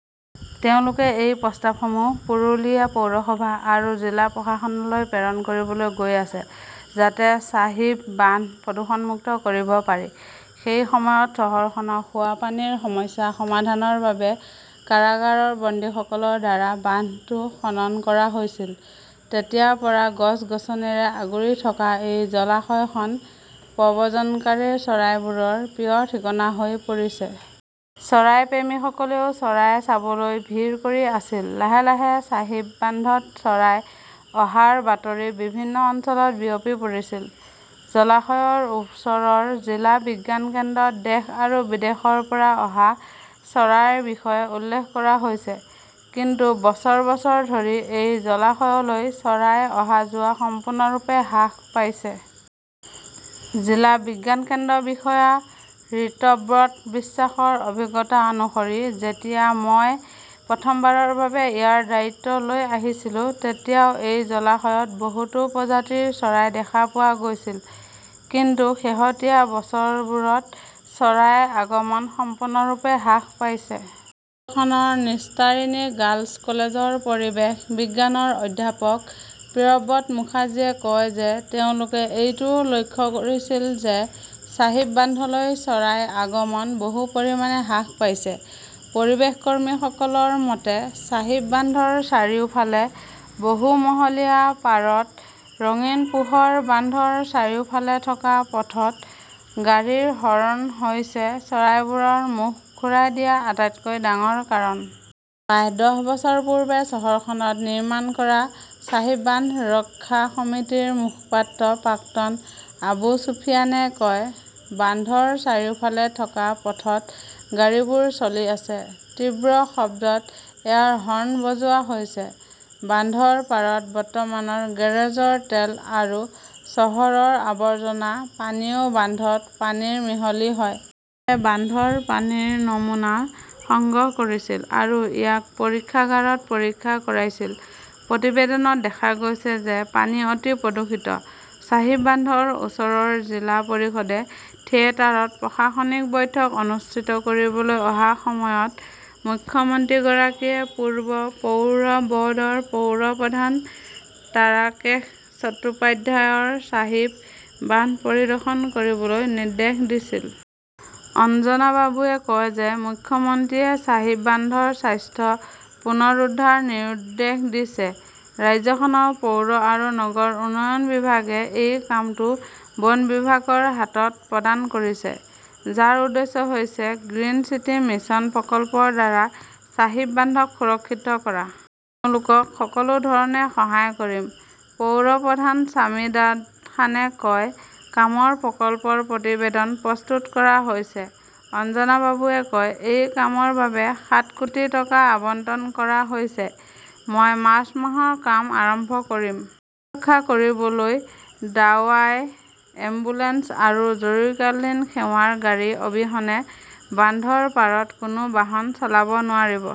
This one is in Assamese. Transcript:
তেওঁলোকে এই প্ৰস্তাৱসমূহ পুৰুলিয়া পৌৰসভা আৰু জিলা প্ৰশাসনলৈ প্ৰেৰণ কৰিবলৈ গৈ আছে, যাতে চাহিব বান্ধ প্ৰদূষণমুক্ত কৰিব পাৰি। সেই সময়ত চহৰখনৰ খোৱাপানীৰ সমস্যা সমাধানৰ বাবে কাৰাগাৰৰ বন্দীসকলৰ দ্বাৰা বান্ধটো খনন কৰা হৈছিল। তেতিয়াৰ পৰা গছ-গছনিৰে আগুৰি থকা এই জলাশয়খন প্ৰব্ৰজনকাৰী চৰাইবোৰৰ প্ৰিয় ঠিকনা হৈ পৰিছে। চৰাইপ্ৰেমীসকলেও চৰাই চাবলৈ ভিৰ কৰি আছিল। লাহে লাহে চাহিব বান্ধত চৰাই অহাৰ বাতৰি বিভিন্ন অঞ্চলত বিয়পি পৰিছিল। জলাশয়ৰ ওচৰৰ জিলা বিজ্ঞান কেন্দ্ৰত দেশ আৰু বিদেশৰ পৰা অহা চৰাইৰ বিষয়ে উল্লেখ কৰা হৈছে। কিন্তু বছৰ বছৰ ধৰি এই জলাশয়লৈ চৰাইৰ অহা-যোৱা সম্পূৰ্ণৰূপে হ্ৰাস পাইছে। জিলা বিজ্ঞান কেন্দ্ৰৰ বিষয়া ৰিতব্ৰত বিশ্বাসৰ অভিজ্ঞতা অনুসৰি, "যেতিয়া মই প্ৰথমবাৰৰ বাবে ইয়াত দায়িত্ব লৈ আহিছিলো, তেতিয়াও এই জলাশয়ত বহুতো প্ৰজাতিৰ চৰাই দেখা পোৱা গৈছিল। কিন্তু শেহতীয়া বছৰবোৰত চৰাইৰ আগমন সম্পূৰ্ণৰূপে হ্ৰাস পাইছে"। চহৰখনৰ নিষ্টাৰিনী গাৰ্লছ কলেজৰ পৰিৱেশ বিজ্ঞানৰ অধ্যাপক প্ৰিয়ব্ৰত মুখাৰ্জীয়ে কয় যে তেওঁলোকে এইটোও লক্ষ্য কৰিছিল যে, চাহিব বান্ধলৈ চৰাইৰ আগমন বহু পৰিমাণে হ্ৰাস পাইছে। পৰিৱেশকৰ্মীসকলৰ মতে, চাহিব বান্ধৰ চাৰিওফালে বহু মহলীয়া, পাৰত ৰঙীন পোহৰ, বান্ধৰ চাৰিওফালে থকা পথত গাড়ীৰ হৰ্ণ হৈছে চৰাইবোৰৰ মুখ ঘূৰাই দিয়াৰ আটাইতকৈ ডাঙৰ কাৰণ। প্ৰায় দহ বছৰ পূৰ্বে চহৰখনত নিৰ্মাণ কৰা চাহিব বান্ধ ৰক্ষা সমিতিৰ মুখপাত্ৰ প্ৰাক্তন আবু চুফিয়ানে কয়, "বান্ধৰ চাৰিওফালে থকা পথত গাড়ীবোৰ চলি আছে। তীব্ৰ শব্দত এয়াৰ হৰ্ণ বজোৱা হৈছে। বান্ধৰ পাৰত বৰ্তমানৰ গেৰেজৰ তেল আৰু চহৰৰ আৱৰ্জনা পানীও বান্ধৰ পানীত মিহলি হয়"। বান্ধৰ পানীৰ নমুনা সংগ্ৰহ কৰিছিল আৰু ইয়াক পৰীক্ষাগাৰত পৰীক্ষা কৰাইছিল। প্ৰতিবেদনত দেখা গৈছে যে, পানী অতি প্ৰদূষিত। চাহিব বান্ধৰ ওচৰৰ জিলা পৰিষদে থিয়েটাৰত প্ৰশাসনিক বৈঠক অনুষ্ঠিত কৰিবলৈ অহাৰ সময়ত মুখ্যমন্ত্ৰীগৰাকীয়ে পূৰ্বৰ পৌৰ বৰ্ডৰ পৌৰপ্ৰধান তাৰাকেশ চট্টোপাধ্যায়ক চাহিব বান্ধ পৰিদৰ্শন কৰিবলৈ নিৰ্দেশ দিছিল। অঞ্জনা বাবুৱে কয় যে, মুখ্যমন্ত্ৰীয়ে চাহিব বান্ধৰ স্বাস্থ্য পুনৰুদ্ধাৰৰ নিৰুদ্দেশ দিছে। ৰাজ্যখনৰ পৌৰ আৰু নগৰ উন্নয়ন বিভাগে এই কামটো বন বিভাগৰ হাতত প্ৰদান কৰিছে, যাৰ উদ্দেশ্য হৈছে গ্ৰীণ চিটি মিছন প্ৰকল্পৰ দ্বাৰা চাহিব বান্ধক সুৰক্ষিত কৰা । তেওঁলোকক সকলো ধৰণে সহায় কৰিম", পৌৰপ্ৰধান ছামিদাদ খানে কয়। "কামৰ প্ৰকল্পৰ প্ৰতিবেদন প্ৰস্তুত কৰা হৈছে", অঞ্জনা বাবুৱে কয়। এই কামৰ বাবে সাত কোটি টকা আবণ্টন কৰা হৈছে। মই মাৰ্চ মাহৰ কাম আৰম্ভ কৰিম। ৰক্ষা কৰিবলৈ দাৱাই; এম্বুলেন্স আৰু জৰুৰীকালীন সেৱাৰ গাড়ী অবিহনে বান্ধৰ পাৰত কোনো বাহন চলাব নোৱাৰিব।